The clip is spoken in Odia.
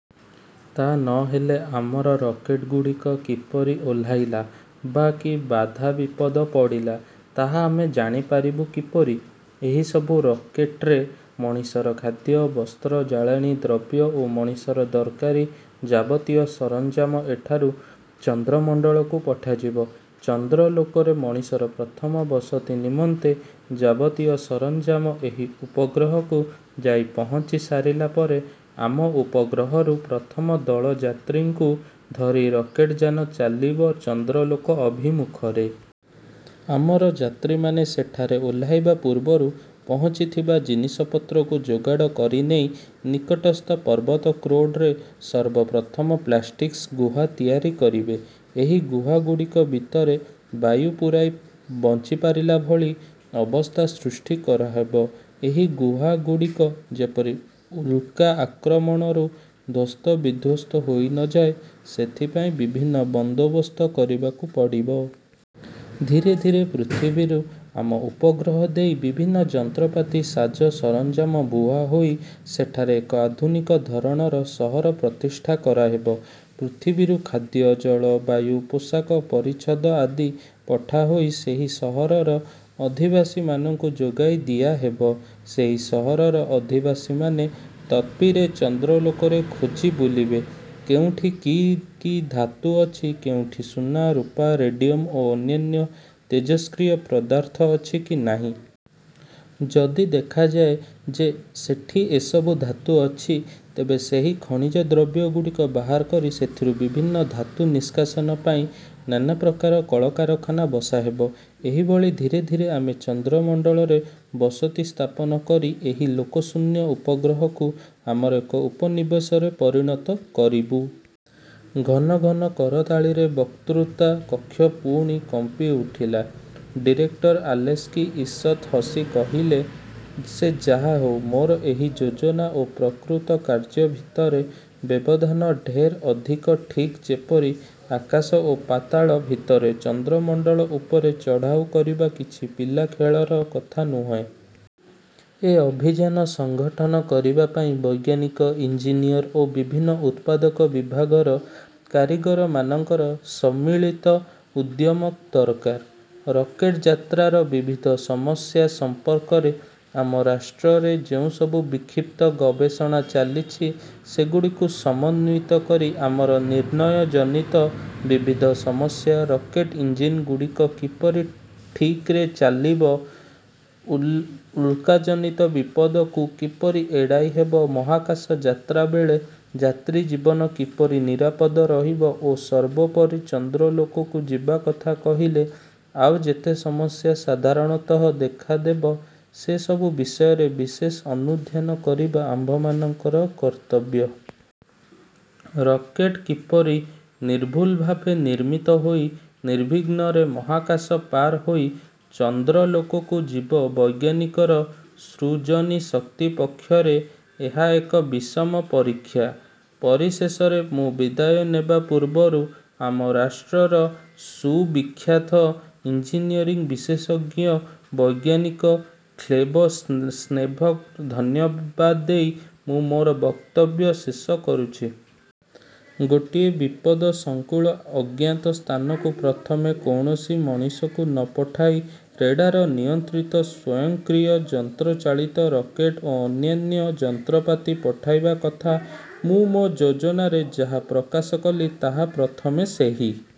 ତା' ନ ହେଲେ ଆମର ରକେଟ୍ ଗୁଡ଼ିକ କିପରି ଓହ୍ଲାଇଲା, ବା କି ବାଧା-ବିପଦ ପଡ଼ିଲା ତାହା ଆମେ ଜାଣିପାରିବୁ କିପରି? ଏହି ସବୁ ରକେଟ୍ରେ ମଣିଷର ଖାଦ୍ୟ, ବସ୍ତ୍ର, ଜାଳେଣି ଦ୍ରବ୍ୟ ଓ ମଣିଷର ଦରକାରୀ ଯାବତୀୟ ସରଞ୍ଜାମ ଏଠାରୁ ଚନ୍ଦ୍ରମଣ୍ଡଳକୁ ପଠାଯିବ। ଚନ୍ଦ୍ରଲୋକରେ ମଣିଷର ପ୍ରଥମ ବସତି ନିମନ୍ତେ ଯାବତୀୟ ସରଞ୍ଜାମ ଏହି ଉପଗ୍ରହକୁ ଯାଇ ପହଞ୍ଚିସାରିଲା ପରେ, ଆମ ଉପଗ୍ରହରୁ ପ୍ରଥମ ଦଳ ଯାତ୍ରୀଙ୍କୁ ଧରି ରକେଟ୍ଯାନ ଚାଲିବ ଚନ୍ଦ୍ରଲୋକ ଅଭିମୁଖରେ। ଆମର ଯାତ୍ରୀମାନେ ସେଠାରେ ଓହ୍ଲାଇବା ପୂର୍ବରୁ ପହଞ୍ଚିଥିବା ଜିନିଷପତ୍ରକୁ ଯୋଗାଡ଼ କରିନେଇ ନିକଟସ୍ଥ ପର୍ବତ କ୍ରୋଡ଼ରେ ସର୍ବପ୍ରଥମ ପ୍ଳାଷ୍ଟିକ୍ସ ଗୁହା ତିଆରି କରିବେ। ଏହି ଗୁହାଗୁଡ଼ିକ ଭିତରେ ବାୟୁ ପୁରାଇ ବଞ୍ଚିପାରିଲା ଭଳି ଅବସ୍ଥା ସୃଷ୍ଟି କରାହେବ। ଏହି ଗୁହାଗୁଡ଼ିକ ଯେପରି ଉଲ୍କା ଆକ୍ରମଣରୁ ଧ୍ୱସ୍ତବିଧ୍ୱସ୍ତ ହୋଇ ନ ଯାଏ, ସେଥିପାଇଁ ବିଭିନ୍ନ ବନ୍ଦୋବସ୍ତ କରିବାକୁ ପଡ଼ିବ। ଧୀରେ ଧୀରେ ପୃଥିବୀରୁ ଆମ ଉପଗ୍ରହ ଦେଇ ବିଭିନ୍ନ ଯନ୍ତ୍ରପାତି ସାଜ-ସରଞ୍ଜାମ ବୁହାହୋଇ ସେଠାରେ ଏକ ଆଧୁନିକ ଧରଣର ସହର ପ୍ରତିଷ୍ଠା କରାହେବ। ପୃଥିବୀରୁ ଖାଦ୍ୟ, ଜଳ, ବାୟୁ, ପୋଷାକ-ପରିଚ୍ଛଦଆଦି ପଠାହୋଇ ସେହି ସହରର ଅଧିବାସୀମାନଙ୍କୁ ଯୋଗାଇ ଦିଆହେବ। ସେହି ସହରର ଅଧିବାସୀମାନେ ତତ୍ପରେ ଚନ୍ଦ୍ରଲୋକରେ ଖୋଜିବୁଲିବେ, କେଉଁଠି କି କି ଧାତୁ ଅଛି, କେଉଁଠି ସୁନା, ରୂପା, ରେଡ଼ିୟମ୍ଓ ଅନ୍ୟାନ୍ୟ ତେଜସ୍କ୍ରିୟ ପଦାର୍ଥ ଅଛି କି ନାହିଁ। ଯଦି ଦେଖାଯାଏ ଯେ ସେଠି ଏସବୁ ଧାତୁ ଅଛି, ତେବେ ସେହି ଖଣିଜଦ୍ରବ୍ୟଗୁଡ଼ିକୁ ବାହାର କରି ସେଥିରୁ ବିଭିନ୍ନ ଧାତୁ ନିଷ୍କାସନ ପାଇଁ ନାନାପ୍ରକାର କଳକାରଖାନା ବସାହେବ। ଏହିଭଳି ଧୀରେ ଧୀରେ ଆମେ ଚନ୍ଦ୍ରମଣ୍ଡଳରେ ବସତି ସ୍ଥାପନ କରି ଏହି ଲୋକଶୂନ୍ୟ ଉପଗ୍ରହକୁ ଆମର ଏକ ଉପନିବେଶରେ ପରିଣତ କରିବୁଁ। '' ଘନ ଘନ କରତାଳିରେ ବକ୍ତୃତା କକ୍ଷ ପୁଣି କମ୍ପି ଉଠିଲା। ଡିରେକ୍ଟର ଆଲେସ୍କି ଈଷତ୍ ହସି କହିଲେ, ''ସେ ଯାହାହେଉ, ମୋର ଏହି ଯୋଜନା ଓ ପ୍ରକୃତ କାର୍ଯ୍ୟ ଭିତରେ ବ୍ୟବଧାନ ଢେର୍ ଅଧିକ-ଠିକ୍ ଯେପରି ଆକାଶ ଓ ପାତାଳ ଭିତରେ। ଚନ୍ଦ୍ରମଣ୍ଡଳ ଉପରେ ଚଢ଼ାଉ କରିବା କିଛି ପିଲାଖେଳର କଥା ନୁହେଁ। ଏ ଅଭିଯାନ ସଙ୍ଗଠନ କରିବା ପାଇଁ ବୈଜ୍ଞାନିକ, ଇଞ୍ଜିନିଅର୍ ଓ ବିଭିନ୍ନ ଉତ୍ପାଦକ ବିଭାଗର କାରିଗରମାନଙ୍କର ସମ୍ମିଳିତ ଉଦ୍ୟମ ଦରକାର। ରକେଟ୍ଯାତ୍ରାର ବିବିଧ ସମସ୍ୟା ସମ୍ପର୍କରେ ଆମ ରାଷ୍ଟ୍ରରେ ଯେଉଁ ସବୁ ବିକ୍ଷିପ୍ତ ଗବେଷଣା ଚାଲିଛି, ସେଗୁଡ଼ିକୁ ସମନ୍ୱିତ କରି ଆମର ନିର୍ଣ୍ଣୟଜନିତ ବିବିଧ ସମସ୍ୟା, ରକେଟ୍ଇଞ୍ଜିନ୍ଗୁଡ଼ିକ କିପରି ଠିକ୍ମତେ ଚାଲିବ, ଉଲ୍କାଜନିତ ବିପଦକୁ କିପରି ଏଡ଼ାଇ ହେବ, ମହାକାଶ ଯାତ୍ରାବେଳେ ଯାତ୍ରୀ-ଜୀବନ କିପରି ନିରାପଦ ରହିବ ଓ ସର୍ବୋପରି ଚନ୍ଦ୍ରଲୋକକୁ ଯିବାକଥା କହିଲେ ଆଉ ଯେତେ ସମସ୍ୟା ସାଧାରଣତଃ ଦେଖାଦେବ, ସେ ସବୁ ବିଷୟରେ ବିଶେଷ ଅନୁଧ୍ୟାନ କରିବା ଆମ୍ଭମାନଙ୍କର କର୍ତ୍ତବ୍ୟ। ରକେଟ୍ କିପରି ନିର୍ଭୁଲଭାବେ ନିର୍ମିତ ହୋଇ, ନିର୍ବିଘ୍ନରେ ମହାକାଶ ପାରହୋଇ ଚନ୍ଦ୍ରଲୋକକୁ ଯିବ, ବୈଜ୍ଞାନିକର ସୃଜନୀ ଶକ୍ତି ପକ୍ଷରେ ଏହା ଏକ ବିଷମ ପରୀକ୍ଷା। ''ପରିଶେଷରେ ମୁଁ ବିଦାୟ ନେବା ପୂର୍ବରୁ ଆମ ରାଷ୍ଟ୍ରର ସୁବିଖ୍ୟାତ ଇନ୍ଜିନିୟରିଂ ବିଶେଷଜ୍ଞ ବୈଜ୍ଞାନିକ ଖ୍ଲେବତ୍ସେଭ୍ଙ୍କୁ ଧନ୍ୟବାଦ ଦେଇ ମୁଁ ମୋର ବକ୍ତବ୍ୟ ଶେଷ କରୁଛି। ଗୋଟିଏ ବିପଦସଂକୁଳ ଅଜ୍ଞାତ ସ୍ଥାନକୁ ପ୍ରଥମେ କୌଣସି ମଣିଷକୁ ନ ପଠାଇ ରେଡ଼ାର ନିୟନ୍ତ୍ରିତ ସ୍ୱୟଂକ୍ରିୟ ଯନ୍ତ୍ରଚାଳିତ ରକେଟ୍ ଓ ଅନ୍ୟାନ୍ୟ ଯନ୍ତ୍ରପାତି ପଠାଇବା କଥା ମୁଁ ମୋ ଯୋଜନାରେ ଯାହା ପ୍ରକାଶ କଲି ତାହା ପ୍ରଥମେ ସେହି